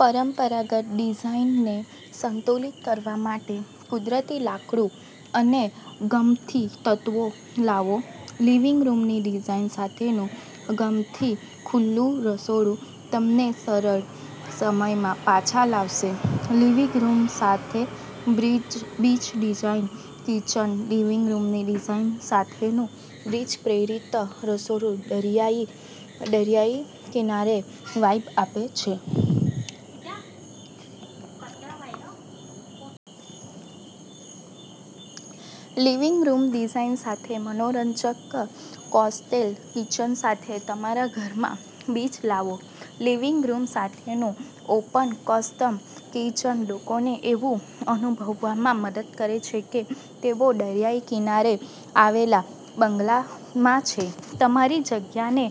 પરંપરાગત ડિઝાઇનને સંતુલિત કરવા માટે કુદરતી લાકડું અને ગમઠી તત્વો લાવો. લિવિંગ રૂમની ડિઝાઇન સાથેનું ગમઠી ખુલ્લું રસોડું તમને સરળ સમયમાં પાછા લાવશે. લિવિંગ રૂમ સાથે બીચ ડિઝાઇન, કિચન લિવિંગ રૂમની ડિઝાઇન સાથેનું બીચ પ્રેરિત રસોડું દરિયાઈ કિનારે વાઇબ આપે છે. લિવિંગ રૂમ ડિઝાઇન સાથે મનોરંજક કોસ્ટલ કિચન સાથે તમારા ઘરમાં બીચ લાવો. લિવિંગ રૂમ સાથેનું ઓપન-કન્સેપ્ટ કિચન લોકોને એવું અનુભવવામાં મદદ કરે છે કે તેઓ દરિયા કિનારે આવેલા બંગલામાં છે. તમારી જગ્યાને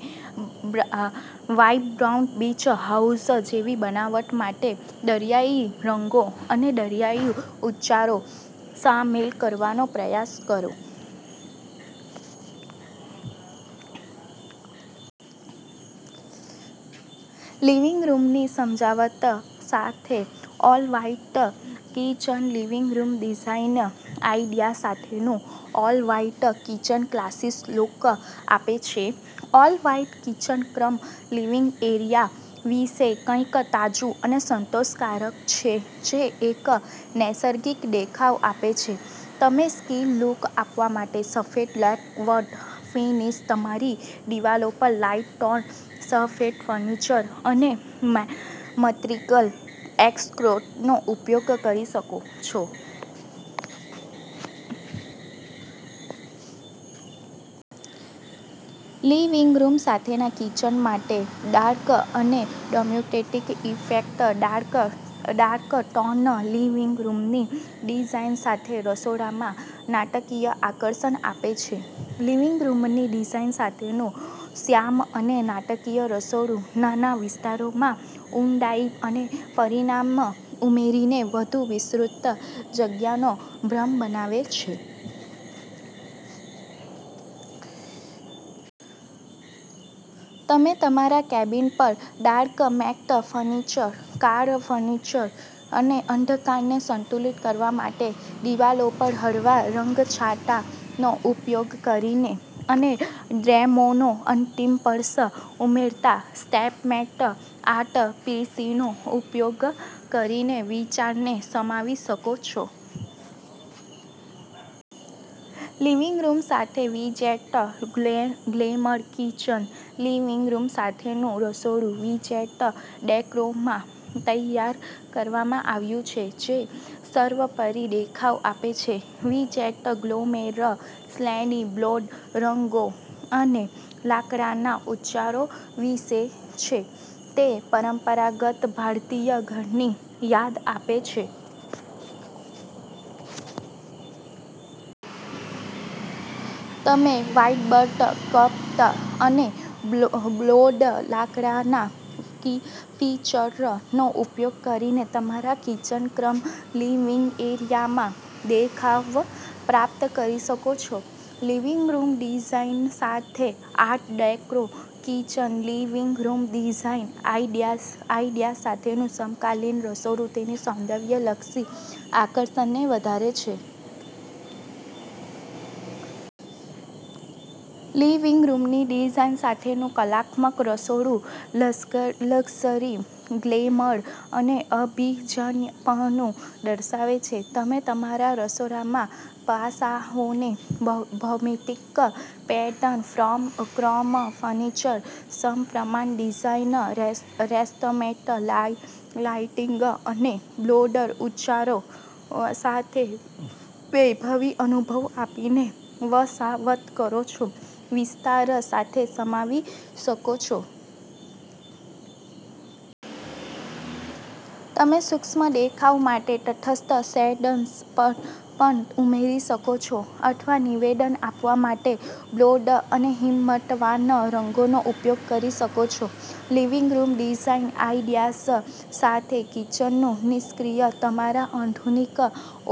વાઇબ્રન્ટ બીચ હાઉસ જેવી બનાવવા માટે દરિયાઇ રંગો અને દરિયાઇ ઉચ્ચારો સામેલ કરવાનો પ્રયાસ કરો. લિવિંગ રૂમની સમજાવટ સાથે all white kitchen living room design idea સાથેનું ઓલ-વ્હાઇટ કિચન ક્લાસી લુક આપે છે. ઓલ-વ્હાઈટ કિચન-કમ-લિવિંગ એરિયા વિશે કંઈક તાજું અને સંતોષકારક છે જે એક નૈસર્ગિક દેખાવ આપે છે. તમે સ્લીક લુક આપવા માટે સફેદ લેકક્વર્ડ ફિનીશ, તમારી દિવાલો પર લાઇટ ટોન, સફેદ ફર્નિચર અને મેટાલિક એક્સેંટનો ઉપયોગ કરી શકો છો. લિવિંગ રૂમ સાથેના કિચન માટે ડાર્ક અને dramatic effect dark tone living રૂમની ડિઝાઇન સાથે રસોડામાં નાટકીય આકર્ષણ આપે છે. લિવિંગ રૂમની ડિઝાઇન સાથેનું શ્યામ અને નાટકીય રસોડું નાના વિસ્તારમાં ઊંડાઈ અને પરિમાણ ઉમેરીને વધુ વિસ્તૃત જગ્યાનો ભ્રમ બનાવે છે. તમે તમારા કેબિન પર ડાર્ક મેટ ફિનિશ, કાળા ફર્નિચર, અને અંધકારને સંતુલિત કરવા માટે દિવાલો પર હળવા રંગછટાનો ઉપયોગ કરીને અને ડ્રામો નો અંતિમ સ્પર્શ ઉમેરતા સ્ટેટમેન્ટ આર્ટ પીસનો ઉપયોગ કરીને વિચારને સમાવી શકો છો. લિવિંગ રૂમ સાથે vintage glamour kitchen, living room સાથેનું રસોડું વિટેજ ડેકોરમાં તૈયાર કરવામાં આવ્યું છે જે સર્વોપરી દેખાવ આપે છે. વિટેજ ગ્લેમર શૈલી બોલ્ડ રંગો અને લાકડાના ઉચ્ચારો વિશે છે. તે પરંપરાગત ભારતીય ઘરની યાદ અપાવે છે. તમે વાઇબબટ કાર્પેટ અને બોલ્ડ લાકડાના ફિસરનો ઉપયોગ કરીને તમારા કિચન-કમ-લિવિંગ એરિયામાં દેખાવ પ્રાપ્ત કરી શકો છો. લિવિંગ રૂમ ડિઝાઇન સાથે art deco kitchen, living room design idea સાથેનું સમકાલીન રસોડું તેની સૌંદર્યલક્ષી આકર્ષણને વધારે છે. લિવિંગ રૂમની ડિઝાઇન સાથેનું કલાત્મક રસોડું લક્ઝરી, ગ્લેમર અને અભિજાત્યપણુ દર્શાવે છે. તમે તમારા રસોડામાં પાસાઓને ભૌમિતિક પેટર્ન, ક્રોમ ફર્નિચર, સપ્રમાણ ડિઝાઇન, રેસ્ટમેન્ટ લાઇટિંગ અને બોલ્ડ ઉચ્ચારો સાથે વૈભવી અનુભવ આપીને વસાવાટ કરો છો વિસ્તાર સાથે સમાવી શકો છો. તમે સૂક્ષ્મ દેખાવ માટે તટસ્થ શેડ્સ પણ ઉમેરી શકો છો અથવા નિવેદન આપવા માટે બોલ્ડ અને હિંમતવાન રંગોનો ઉપયોગ કરી શકો છો. લિવિંગ રૂમ ડિઝાઇન આઇડિયાઝ સાથે કિચનનું નિષ્ક્રિય તમારા આધુનિક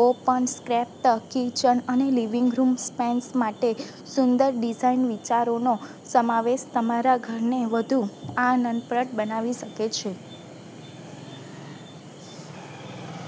ઓપન-સ્ક્રેપ્ટ કિચન અને લિવિંગ રૂમ સ્પેસ માટે સુંદર ડિઝાઇન વિચારોનો સમાવેશ તમારા ઘરને વધુ આનંદપ્રદ બનાવી શકે છે.